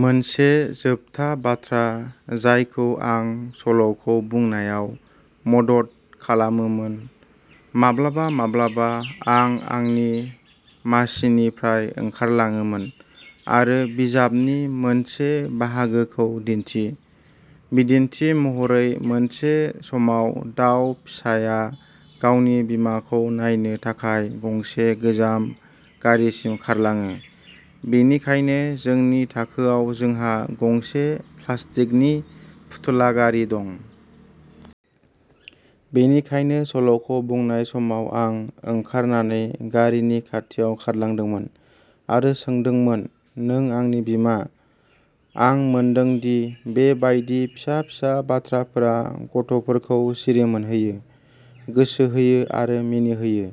मोनसे जोबथा बाथ्रा जायखौ आं सल'खौ बुंनायाव मदद खालामोमोन, माब्लाबा-माब्लाबा, आं आंनि मासिनिफ्राय ओंखारलाङोमोन, आरो बिजाबनि मोनसे बाहागोखौ दिन्थि। बिदिन्थि महरै, मोनसे समाव दाउ फिसाया गावनि बिमाखौ नायनो थाखाय गंसे गोजाम गारिसिम खारलाङो; बेनिखायनो जोंनि थाखोयाव, जोंहा गंसे प्लास्टिकनि फुथुला गारि दं। बेनिखायनो सल'खौ बुंनाय समाव, आं ओंखारनानै गारिनि खाथियाव खारलांदोंमोन, आरो सोंदोंमोन "नों, आंनि बिमा? " आं मोनदों दि बे बायदि फिसा-फिसा बाथ्राफोरा गथ'फोरखौ सिरिमोनहोयो, गोसो होयो आरो मिनिहोयो।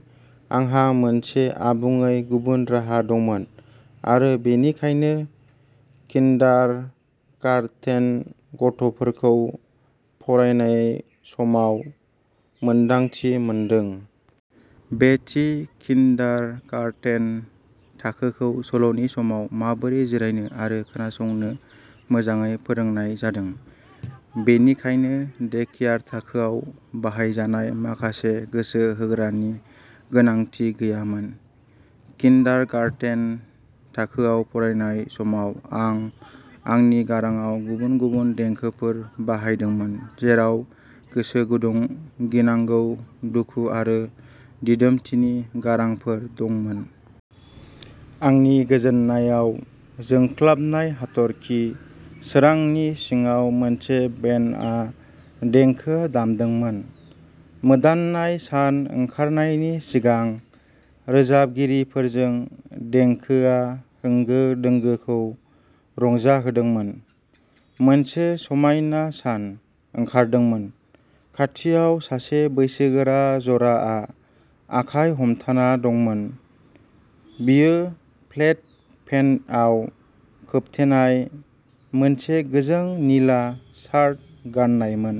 आंहा मोनसे आबुङै गुबुन राहा दंमोन, आरो बेनिखायनो किन्डारगार्टेन गथ'फोरखौ फरायनाय समाव मोन्दांथि मोनदों। बे थि किन्डारगार्टेन थाखोखौ सल'नि समाव माबोरै जिरायनो आरो खोनासंनो मोजाङै फोरोंनाय जादों, बेनिखायनो डेकेयार थाखोआव बाहायजानाय माखासे गोसो होग्रानि गोनांथि गैयामोन। किन्डारगार्टेन थाखोयाव फरायनाय समाव, आं आंनि गारांआव गुबुन-गुबुन देंखोफोर बाहायदोंमोन, जेराव गोसो गुदुं, गिनांगौ, दुखु आरो दिदोमथिनि गारांफोर दंमोन। आंनि गोजोननायाव, जोंख्लाबनाय हाथरखि सोरांनि सिङाव मोनसे बेन्डआ देंखो दामदोंमोन। मोदाननाय सान ओंखारनायनि सिगां रोजाबगिरिफोरजों देंखोआ होंगो-दोंगोखौ रंजाहोदोंमोन। मोनसे समायना सान ओंखारदोंमोन। खाथियाव, सासे बैसोगोरा जराआ आखाइ हमथाना दंमोन। बियो, प्लेड पेन्टआव खोबथेनाय मोनसे गोजों निला शार्ट गाननायमोन।